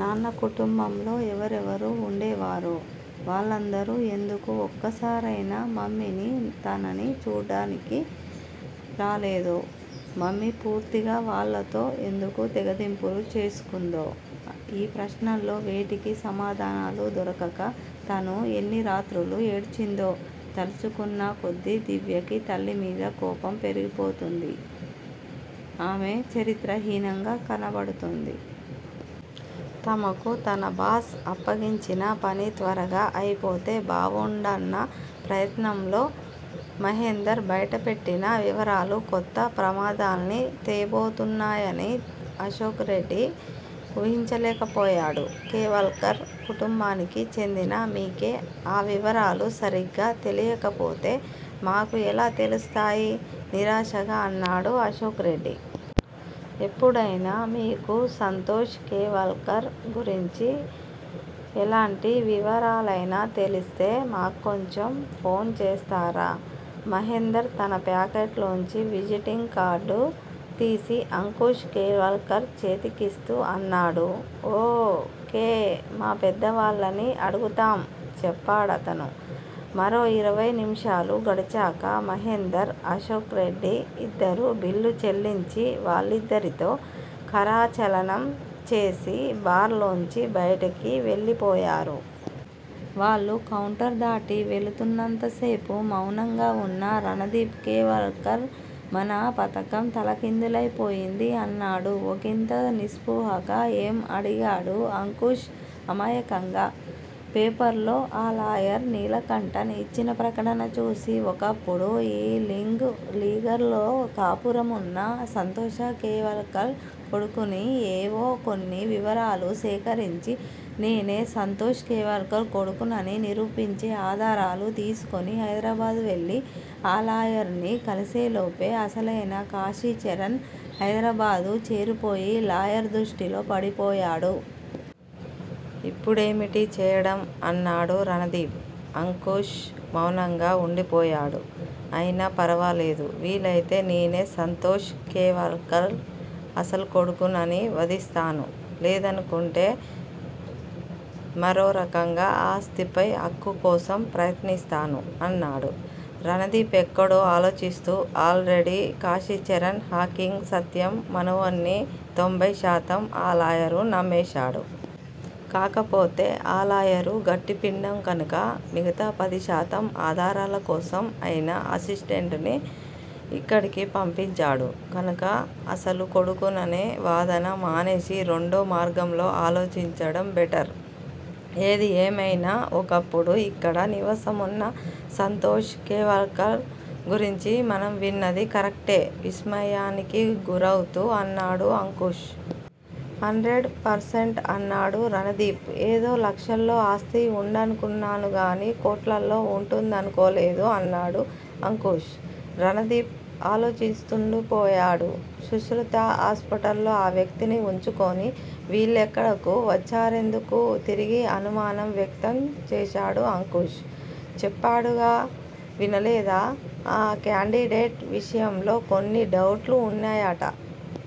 నాన్న కుటుంబంలో ఎవరెవరు వుండేవారో? వాళ్ళందరూ ఎందుకు ఒక్కసారైనా మమ్మీనీ, తననీ చూడడానికి రాలేదో? మమ్మీ పూర్తిగా వాళ్ళతో ఎందుకు తెగతెంపులు చేసుకుందో? ఈ ప్రశ్నల్లో వేటికీ సమాధానాలు దొరకక, తను ఎన్ని రాత్రులు ఏడ్చిందో తలుచుకున్న కొద్దీ దివ్యకి తల్లిమీద కోపం పెరిగిపోతోంది! ఆమె చరిత్ర హీనంగా కనబడతోంది! తమకు తన బాస్ అప్పగించిన పని త్వరగా అయిపోతే బావుండన్న ప్రయత్నంలో మహేందర్ బయట పెట్టిన వివరాలు కొత్త ప్రమాదాల్ని తేబోతున్నాయని అశోక్ రెడ్డి ఊహించలేకపోయాడు. కేవల్కర్ కుటుంబానికి చెందిన మీకే ఆ వివరాలు సరిగ్గా తెలియకపొతే, మాకు ఎలా తెలిస్తాయి? నిరాశగా అన్నాడు అశోక్ రెడ్డి. ఎప్పుడైనా మీకు సంతోష్ కేవల్కర్ గురించి ఎలాంటి వివరాలైనా తెలిస్తే మా క్కొంచెం ఫోన్ చేస్తారా? మహేందర్ తన పాకెట్ లోంచి విజిటింగ్ కార్డు తీసి అంకుష్ కేవల్కర్ చేతికిస్తూ అన్నాడు. ఓ. కే. మా పెద్దవాళ్ళని అడుగుతాం చెప్పాడతను. మరో ఇరవై నిమిషాలు గడిచాక మహేందర్, అశోక్రెడ్డి ఇద్దరూ బిల్లు చెల్లించి, వాళ్ళిద్దరితో కరచాలనం చేసి, బార్ లోంచి బయటకి వెళ్ళిపోయారు. వాళ్ళు కౌంటర్ దాటి వెళుతున్నంతసేపూ, మౌనంగా వున్న రణదీఫ్ కేవల్కర్_ మన పధకం తలక్రిందులైపోయింది అన్నాడు ఒకింత నిస్పృహగా. ఏం? అడిగాడు అంకుష్ అమాయకంగా. పేపర్లో ఆ లాయర్ నీలకంఠన్ యిచ్చిన ప్రకటన చూసి ఒకప్పుడు ఈ లింగ్ లీగార్ లో కాపురమున్న సంతోష కేవల్కర్ కొడుకుని ఏవో కొన్ని వివరాలు సేకరించి, నేనే సంతోష్ కేవల్కర్ కొడుకునని నిరూపించే ఆధారాలు తీసుకుని, హైదరాబాద్ వెళ్ళి ఆ లాయరు ని కలిసే లోపే, అసలైన కాశీచరణ్ హైదరాబాద్ చేరిపోయి, లాయరు దృష్టిలో పడిపోయాడు. ఇప్పుడేమిటి చేయడం? అన్నాడు రణదీఫ్. అంకుష్ మౌనంగా వుండిపోయాడు. అయినా ఫర్వాలేదు_ వీలయితే నేనే సంతోష్ కేవల్కర్ అసలు కొడుకునని వదిస్తాను_ లేదనుకుంటే మరో రకంగా ఆ ఆస్తిపై హక్కు కోసం ప్రయత్నిస్తాను అన్నాడు రణదీఫ్ ఎక్కడో ఆలోచిస్తూ. అల్ రెడీ కాశీచరణ్ హకీం సత్యం మనవడ్ని తొంభై శాతం ఆ లాయరు నమ్మేశాడు. కాకపోతే ఆ లాయరు గట్టిపిండం కానుక మిగతా పదిశాతం ఆధారాలకోసం అయన అసిస్టెంట్ ని యిక్కడికి పంపించాడు కనుక అసలు కొడుకుననే వాదన మానేసి, రేండో మార్గంలో ఆలోచించడం బెటర్. ఏది ఏమైనా, ఒకప్పుడు యిక్కడ నివాసమున్న సంతోష్ కేవల్కర్ గురించి మనం విన్నది కరక్టే విస్మయానికి గురవుతూ అన్నాడు అంకుష్. హండ్రెడ్ పర్సెంట్ అన్నాడు రణదీఫ్. ఏదో లక్షల్లో ఆస్తి వుండనుకున్నానుగాని, కోట్లలో వుంటుందనుకోలేదు అన్నాడు అంకుష్. రణదీఫ్ అలోచిస్తుండిపోయాడు. శుశ్రుత హాస్పిటల్లో అ వ్యక్తిని వుంచుకుని వీల్లెక్కడకు వచ్చారెందుకూ? తిరిగి అనుమానం వ్యక్తం చేశాడు అంకుష్. చెప్పాడుగా వినలేదా? ఆ క్యాండి డేట్ విషయంలో కొన్ని డౌట్లు వున్నాయట.